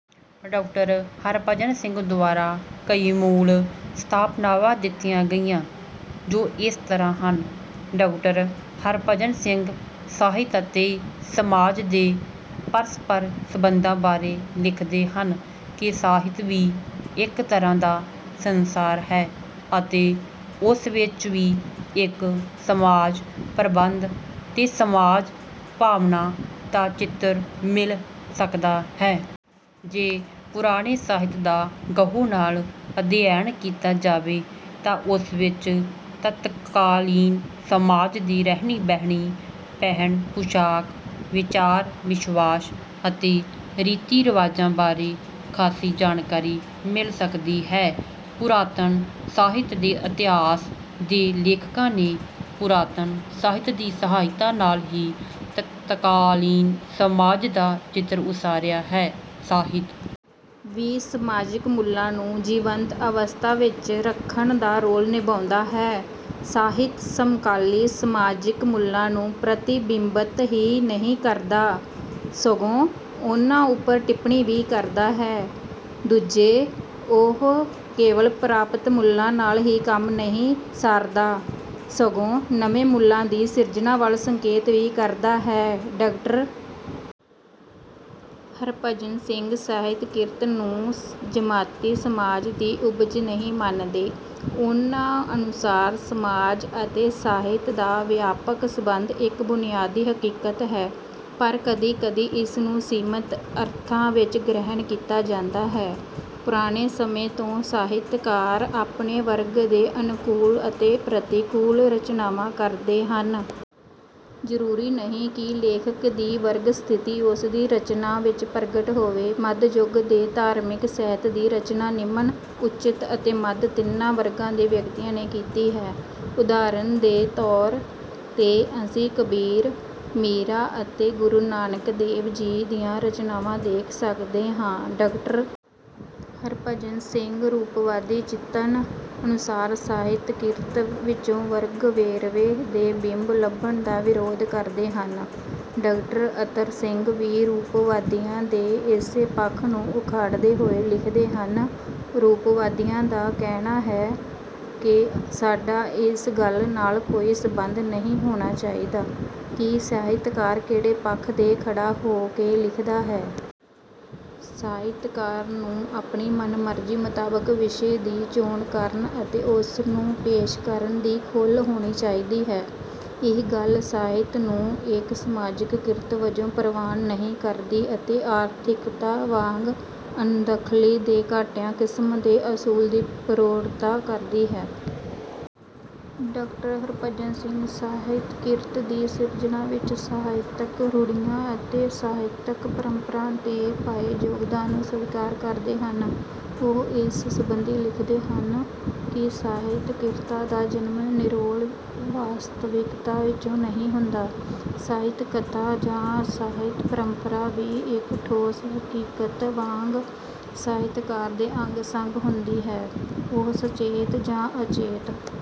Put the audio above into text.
Doctor Harbhajan Singh ਦੁਆਰਾ ਕਈ ਮੂਲ ਸਥਾਪਨਾਵਾਂ ਦਿੱਤੀਆਂ ਗਈਆਂ, ਜੋ ਇਸ ਤਰ੍ਹਾਂ ਹਨ ਡਾਕਟਰ ਹਰਿਭਜਨ ਸਿੰਘ ਸਾਹਿਤ ਅਤੇ ਸਮਾਜ ਦੇ ਪਰਸਪਰ ਸੰਬੰਧਾਂ ਬਾਰੇ ਲਿਖਦੇ ਹਨ ਕਿ ਸਾਹਿਤ ਵੀ ਇੱਕ ਤਰ੍ਹਾਂ ਦਾ ਸੰਸਾਰ ਹੈ ਅਤੇ ਉਸ ਵਿੱਚ ਵੀ ਇੱਕ ਸਮਾਜ-ਪ੍ਰਬੰਧ ਤੇ ਸਮਾਜ-ਭਾਵਨਾ ਦਾ ਚਿੱਤਰ ਮਿਲ ਸਕਦਾ ਹੈ। ਜੇ ਪੁਰਾਣੇ ਸਾਹਿਤ ਦਾ ਗਹੁ ਨਾਲ ਅਧਿਐਨ ਕੀਤਾ ਜਾਵੇ ਤਾਂ ਉਸ ਵਿੱਚ ਤਤਕਾਲੀਨ ਸਮਾਜ ਦੀ ਰਹਿਣੀ-ਬਹਿਣੀ, ਪਹਿਨ-ਪੁਸ਼ਾਕ, ਵਿਚਾਰ-ਵਿਸ਼ਵਾਸ ਅਤੇ ਰੀਤੀ-ਰਿਵਾਜਾਂ ਬਾਰੇ ਖਾਸੀ ਜਾਣਕਾਰੀ ਮਿਲ ਸਕਦੀ ਹੈ। ਪੁਰਾਤਨ ਸਾਹਿਤ ਦੇ ਇਤਿਹਾਸ ਦੇ ਲੇਖਕਾਂ ਨੇ ਪੁਰਾਤਨ ਸਾਹਿਤ ਦੀ ਸਹਾਇਤਾ ਨਾਲ ਹੀ ਤਤਕਾਲੀਨ ਸਮਾਜ ਦਾ ਚਿੱਤਰ ਉਸਾਰਿਆ ਹੈ। ਸਾਹਿਤ ਵੀ ਸਮਾਜਿਕ ਮੁੱਲਾਂ ਨੂੰ ਜੀਵੰਤ ਅਵਸਥਾ ਵਿੱਚ ਰੱਖਣ ਦਾ ਰੋਲ ਨਿਭਾਉਂਦਾ ਹੈ। ਸਾਹਿਤ ਸਮਕਾਲੀ ਸਮਾਜਿਕ ਮੁੱਲਾਂ ਨੂੰ ਪ੍ਰਤੀਬਿੰਬਤ ਹੀ ਨਹੀਂ ਕਰਦਾ, ਸਗੋਂ ਉਨ੍ਹਾਂ ਉੱਪਰ ਟਿੱਪਣੀ ਵੀ ਕਰਦਾ ਹੈ। ਦੂਜੇ, ਉਹ ਕੇਵਲ ਪ੍ਰਾਪਤ ਮੁੱਲਾਂ ਨਾਲ ਹੀ ਕੰਮ ਨਹੀਂ ਸਾਰਦਾ, ਸਗੋਂ ਨਵੇਂ ਮੁੱਲਾਂ ਦੀ ਸਿਰਜਣਾ ਵੱਲ ਸੰਕੇਤ ਵੀ ਕਰਦਾ ਹੈ। ਡਾਕਟਰ ਹਰਿਭਜਨ ਸਿੰਘ ਸਾਹਿਤ-ਕਿਰਤ ਨੂੰ ਜਮਾਤੀ ਸਮਾਜ ਦੀ ਉਪਜ ਨਹੀਂ ਮੰਨਦੇ। ਉਨ੍ਹਾਂ ਅਨੁਸਾਰ ਸਮਾਜ ਅਤੇ ਸਾਹਿਤ ਦਾ ਵਿਆਪਕ ਸੰਬੰਧ ਇੱਕ ਬੁਨਿਆਦੀ ਹਕੀਕਤ ਹੈ, ਪਰ ਕਦੀ-ਕਦੀ ਇਸਨੂੰ ਸੀਮਿਤ ਅਰਥਾਂ ਵਿੱਚ ਗ੍ਰਹਿਣ ਕੀਤਾ ਜਾਂਦਾ ਹੈ। ਪੁਰਾਣੇ ਸਮੇਂ ਤੋਂ ਸਾਹਿਤਕਾਰ ਆਪਣੇ ਵਰਗ ਦੇ ਅਨੁਕੂਲ ਅਤੇ ਪ੍ਰਤਿਕੂਲ ਰਚਨਾਵਾਂ ਕਰਦੇ ਹਨ। ਜ਼ਰੂਰੀ ਨਹੀਂ ਕਿ ਲੇਖਕ ਦੀ ਵਰਗ-ਸਥਿਤੀ ਉਸਦੀ ਰਚਨਾ ਵਿੱਚ ਪ੍ਰਗਟ ਹੋਵੇ। ਮੱਧਯੁਗ ਦੇ ਧਾਰਮਿਕ ਸਾਹਿਤ ਦੀ ਰਚਨਾ ਨਿਮਨ, ਉੱਚ ਅਤੇ ਮੱਧ ਤਿੰਨਾਂ ਵਰਗਾਂ ਦੇ ਵਿਅਕਤੀਆਂ ਨੇ ਕੀਤੀ ਹੈ। ਉਦਾਹਰਨ ਦੇ ਤੌਰ ’ਤੇ ਅਸੀਂ ਕਬੀਰ, ਮੀਰਾ ਅਤੇ ਗੁਰੂ ਨਾਨਕ ਦੇਵ ਜੀ ਦੀਆਂ ਰਚਨਾਵਾਂ ਦੇਖ ਸਕਦੇ ਹਾਂ। ਡਾਕਟਰ ਹਰਿਭਜਨ ਸਿੰਘ ਰੂਪਵਾਦੀ ਚਿੰਤਨ ਅਨੁਸਾਰ ਸਾਹਿਤ-ਕਿਰਤ ਵਿੱਚੋਂ ਵਰਗ-ਵੇਰਵੇ ਦੇ ਬਿੰਬ ਲੱਭਣ ਦਾ ਵਿਰੋਧ ਕਰਦੇ ਹਨ। ਡਾਕਟਰ ਅਤਰ ਸਿੰਘ ਵੀ ਰੂਪਵਾਦੀਆਂ ਦੇ ਇਸੇ ਪੱਖ ਨੂੰ ਉਘਾੜਦੇ ਹੋਏ ਲਿਖਦੇ ਹਨ “ਰੂਪਵਾਦੀਆਂ ਦਾ ਕਹਿਣਾ ਹੈ ਕਿ ਸਾਡਾ ਇਸ ਗੱਲ ਨਾਲ ਕੋਈ ਸਬੰਧ ਨਹੀਂ ਹੋਣਾ ਚਾਹੀਦਾ ਕਿ ਸਾਹਿਤਕਾਰ ਕਿਹੜੇ ਪੱਖ ’ਤੇ ਖੜ੍ਹਾ ਹੋ ਕੇ ਲਿਖਦਾ ਹੈ। ਸਾਹਿਤਕਾਰ ਨੂੰ ਆਪਣੀ ਮਨ-ਮਰਜ਼ੀ ਮੁਤਾਬਿਕ ਵਿਸ਼ੇ ਦੀ ਚੋਣ ਕਰਨ ਅਤੇ ਉਸਨੂੰ ਪੇਸ਼ ਕਰਨ ਦੀ ਖੁੱਲ੍ਹ ਹੋਣੀ ਚਾਹੀਦੀ ਹੈ।”ਇਹ ਗੱਲ ਸਾਹਿਤ ਨੂੰ ਇੱਕ ਸਮਾਜਿਕ ਕਿਰਤ ਵਜੋਂ ਪ੍ਰਵਾਨ ਨਹੀਂ ਕਰਦੀ ਅਤੇ ਆਰਥਿਕਤਾ ਵਾਂਗ ਅਣਦਖਲੀ ਦੇ ਘਟੀਆ ਕਿਸਮ ਦੇ ਅਸੂਲ ਦੀ ਪ੍ਰੋੜਤਾ ਕਰਦੀ ਹੈ। ਡਾਕਟਰ ਹਰਿਭਜਨ ਸਿੰਘ ਸਾਹਿਤ-ਕਿਰਤ ਦੀ ਸਿਰਜਣਾ ਵਿੱਚ ਸਾਹਿਤਕ ਰੂੜ੍ਹੀਆਂ ਅਤੇ ਸਾਹਿਤਕ-ਪਰੰਪਰਾ ਦੇ ਪਾਏ ਯੋਗਦਾਨ ਨੂੰ ਸਵੀਕਾਰ ਕਰਦੇ ਹਨ। ਉਹ ਇਸ ਸਬੰਧੀ ਲਿਖਦੇ ਹਨ ਕਿ ਸਾਹਿਤ-ਕਿਰਤਾਂ ਦਾ ਜਨਮ ਨਿਰੋਲ ਵਾਸਤਵਿਕਤਾ ਵਿੱਚੋਂ ਨਹੀਂ ਹੁੰਦਾ। ‘ਸਾਹਿਤਕਤਾ’ ਜਾਂ ‘ਸਾਹਿਤ-ਪਰੰਪਰਾ’ ਵੀ ਇੱਕ ਠੋਸ ਹਕੀਕਤ ਵਾਂਗ ਸਾਹਿਤਕਾਰ ਦੇ ਅੰਗ-ਸੰਗ ਹੁੰਦੀ ਹੈ। ਉਹ ਸੁਚੇਤ ਜਾਂ ਅਚੇਤ…